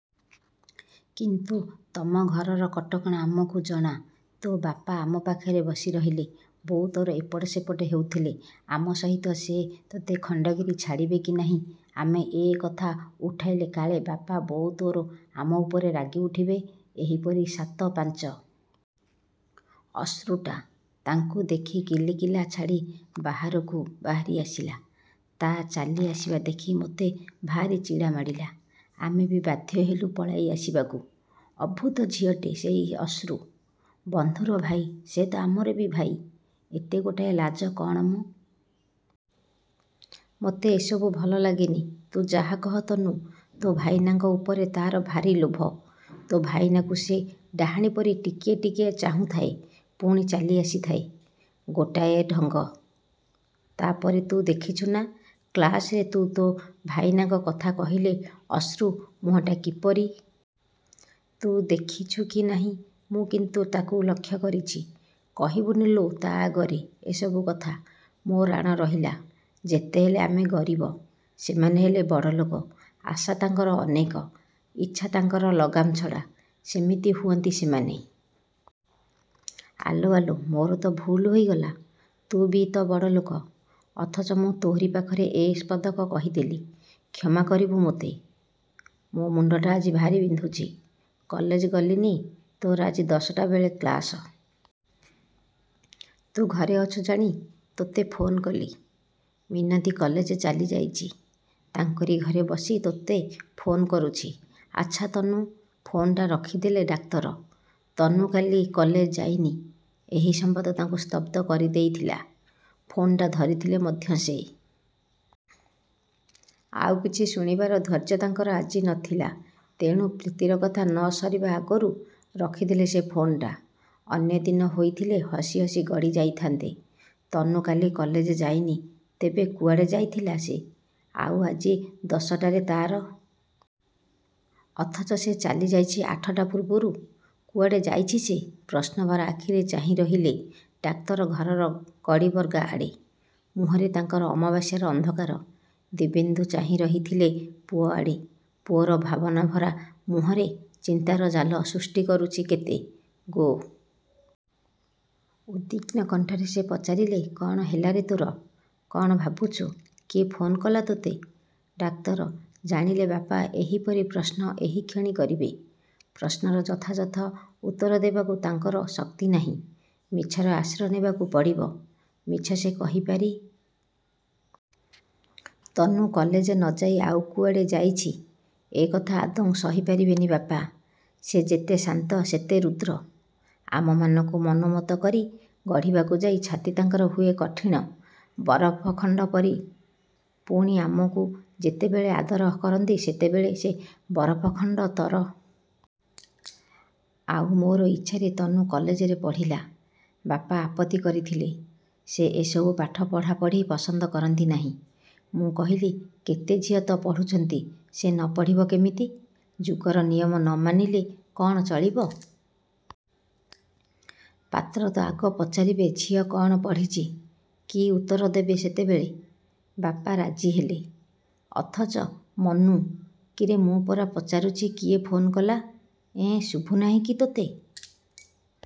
କିନ୍ତୁ ତମ ଘରର କଟକଣା ଆମକୁ ଜଣା। ତୋ ବାପା ଆମ ପାଖରେ ବସିରହିଲେ। ବୋଉ ତୋର ଏପଟ ସେପଟ ହେଉଥିଲେ। ଆମ ସହିତ ସେ ତୋତେ ଖଣ୍ଡଗିରି ଛାଡ଼ିବେ କି ନାହିଁ। ଆମେ ଏ କଥା ଉଠାଇଲେ କାଳେ ବାପା ବୋଉ ତୋର ଆମ ଉପରେ ରାଗିଉଠିବେ ଏହିପରି ସାତପାଞ୍ଚ ଭାବିଲା ବେଳକୁ ତୋ ଭାଇନା ଆସିଗଲେ! ଅଶ୍ରୁଟା ତାଙ୍କୁ ଦେଖି କିଲିକିଲା ଛାଡ଼ି ବାହାରକୁ ବାହାରି ଆସିଲା ତା' ଚାଲି ଆସିବା ଦେଖି ମୋତେ ଭାରି ଚିଡ଼ିମାଡ଼ିଲା। ଆମେ ବି ବାଧ୍ୟହେଲୁ ପଳାଇ ଆସିବାକୁ। ଅଦ୍ଭୁତ ଝିଅଟେ ସେଇ ଅଶ୍ରୁ। ବନ୍ଧୁର ଭାଇ, ସେ ତ ଆମର ବି ଭାଇ। ଏତେ ଗୋଟାଏ ଲାଜ କ'ଣ ମ। ମୋତେ ଏସବୁ ଭଲ ଲାଗେନି। ତୁ ଯାହାକହ ତନୁ, ତୋ ଭାଇନାଙ୍କ ଉପରେ ତା'ର ଭାରି ଲୋଭ। ତୋ ଭାଇନାକୁ ସେ ଡାହାଣୀପରି ଟିକିଏ ଟିକିଏ ଚାହୁଁଥାଏ ପୁଣି ଚାଲି ଆସିଥାଏ। ଗୋଟାଏ ଢଙ୍ଗ। ତା'ପରେ ତୁ ଦେଖିଛୁ ନା? କ୍ଲାସରେ ତୁ ତୋ ଭାଇନାଙ୍କ କଥା କହିଲେ ଅଶ୍ରୁ ମୁହଁଟା କିପରି ଲାଲ ପଡ଼ିଯାଏ? ତୁ ଦେଖିଛୁ କି ନାହିଁ, ମୁଁ କିନ୍ତୁ ତାକୁ ଲକ୍ଷ୍ୟ କରିଛି। କହିବୁନି ଲୋ ତା' ଆଗରେ ଏ ସବୁ କଥା, ମୋ ରାଣ ରହିଲା। ଯେତେହେଲେ ଆମେ ଗରିବ। ସେମାନେ ହେଲେ ବଡ଼ଲୋକ। ଆଶା ତାଙ୍କର ଅନେକ। ଇଚ୍ଛା ତାଙ୍କର ଲଗାମ ଛଡ଼ା। ସେମିତି ହୁଅନ୍ତି ସେମାନେ। ଆଲୋ, ଆଲୋ ମୋର ତ ଭୁଲ୍ ହୋଇଗଲା। ତୁ ବି ତ ବଡ଼ ଲୋକ। ଅଥଚ, ମୁଁ ତୋରି ପାଖରେ ଏ ପଦକ କହିଦେଲି। କ୍ଷମା କରିବୁ ମୋତେ। ମୋ ମୁଣ୍ଡଟା ଆଜି ଭାରି ବିନ୍ଧୁଛି। କଲେଜ ଗଲିନି। ତୋର ଆଜି ଦଶଟା ବେଳେ କ୍ଲାସ। ତୁ ଘରେ ଅଛୁ ଜାଣି ତୋତେ ଫୋନ କଲି-। ମିନତୀ କଲେଜ ଚାଲିଯାଇଛି। ତାଙ୍କରି ଘରେ ବସି ତୋତେ ଫୋନ କରୁଛି। ଆଚ୍ଛା ତନୁ... ଫୋନଟା ରଖିଦେଲେ ଡାକ୍ତର। ତନୁ କାଲି କଲେଜ ଯାଇନି ଏହି ସମ୍ୱାଦ ତାଙ୍କୁ ସ୍ତବ୍ଧ କରିଦେଇଥିଲା। ଫୋନଟା ଧରିଥିଲେ ମଧ୍ୟ ସେ ପ୍ରଥମରୁ ହୋଇଯାଇଥିଲେ ଅନ୍ୟମନସ୍କ। ଆଉ କିଛି ଶୁଣିବାର ଧୈର୍ଯ୍ୟ ତାଙ୍କର ଆଜି ନଥିଲା। ତେଣୁ ପ୍ରୀତିର କଥା ନ ସରିବା ଆଗରୁ ରଖିଦେଲେ ସେ ଫୋନଟା। ଅନ୍ୟଦିନ ହୋଇଥିଲେ ହସି ହସି ଗଡ଼ି ଯାଇଥାନ୍ତେ। ତନୁ କାଲି କଲେଜ ଯାଇନି, ତେବେ କୁଆଡ଼େ ଯାଇଥିଲା ସେ। ଆଉ ଆଜି, ଦଶଟାରେ ତାର କ୍ଳାସ୍। ଅଥଚ ସେ ଚାଲିଯାଇଛି ଆଠଟା ପୂର୍ବରୁ। କୁଆଡ଼େ ଯାଇଛି ସେ! ପ୍ରଶ୍ନଭରା ଆଖିରେ ଚାହିଁ ରହିଲେ ଡାକ୍ତର ଘରର କଡ଼ି ବର୍ଗା ଆଡ଼େ। ମୁହଁରେ ତାଙ୍କର ଅମାବାସ୍ୟାର ଅନ୍ଧକାର। ଦିବ୍ୟେନ୍ଦୁ ଚାହିଁ ରହିଥିଲେ ପୁଅଆଡ଼େ। ପୁଅର ଭାବନା ଭରା ମୁହଁରେ ଚିନ୍ତାର ଜାଲ ସୃଷ୍ଟି କରୁଛି କେତେଗୋଟି ସୂକ୍ଷ୍ମ ସୂକ୍ଷ୍ମ ରେଖା। ଉଦ୍ବିଗ୍ନ କଣ୍ଠରେ ସେ ପଚାରିଲେ–କ'ଣ ହେଲାରେ ତୋର? କ'ଣ ଭାବୁଛୁ? କିଏ ଫୋନ୍ କଲା ତୋତେ? ଡାକ୍ତର ଜାଣିଲେ ବାପା ଏହିପରି ପ୍ରଶ୍ନ ଏହିକ୍ଷଣି କରିବେ। ପ୍ରଶ୍ନର ଯଥାଯଥ ଉତ୍ତରଦେବାକୁ ତାଙ୍କର ଶକ୍ତି ନାହିଁ। ମିଛର ଆଶ୍ରୟ ନେବାକୁ ପଡ଼ିବ। ମିଛ ସେ କହିପାରିବେନି; କିନ୍ତୁ ବାପ ମାଆଙ୍କ ମନରେ ଦୁଃଖ ସେ ଦେଇପାରିବେନି। ତନୁ କଲେଜ ନଯାଇ ଆଉ କୁଆଡ଼େ ଯାଇଛି, ଏ କଥା ଆଦୌ ସହିପାରିବେନି ବାପା। ସେ ଯେତେ ଶାନ୍ତ, ସେତେ ରୁଦ୍ର। ଆମମାନଙ୍କୁ ମନୋମତ କରି ଗଢ଼ିବାକୁ ଯାଇ ଛାତି ତାଙ୍କର ହୁଏ କଠିଣ ବରଫ ଖଣ୍ଡ ପରି ପୁଣି, ଆମକୁ ଯେତେବେଳେ ଆଦର କରନ୍ତି ସେତେବେଳେ ସେଇ ବରଫ ଖଣ୍ଡ ତରଳି ଝରିଆସେ ସ୍ନେହର ନିର୍ଝର। ଆଉ ମୋର ଇଚ୍ଛାରେ ତନୁ କଲେଜରେ ପଢ଼ିଲା। ବାପା ଆପତ୍ତି କରିଥିଲେ। ସେ ଏସବୁ ପାଠ ପଢ଼ା ପଢ଼ି ପସନ୍ଦ କରନ୍ତି ନାହିଁ। ମୁଁ କହିଲି କେତେ ଝିଅ ତ ପଢ଼ୁଛନ୍ତି ସେ ନ ପଢ଼ିବ କେମିତି। ଯୁଗର ନିୟମ ନ ମାନିଲେ କ'ଣ ଚଳିବ? ପାତ୍ର ତ ଆଗ ପଚାରିବେ ଝିଅ କଣ ପଢ଼ିଛି-? କି ଉତ୍ତର ଦେବ ସେତେବେଳେ? ବାପା ରାଜିହେଲେ। ଅଥଚ –ମନୁ, କିରେ, ମୁଁ ପରା ପଚାରୁଛି କିଏ ଫୋନ୍ କଲା? ଏଁ, ଶୁଭୁନାହିଁ କି ତୋତେ।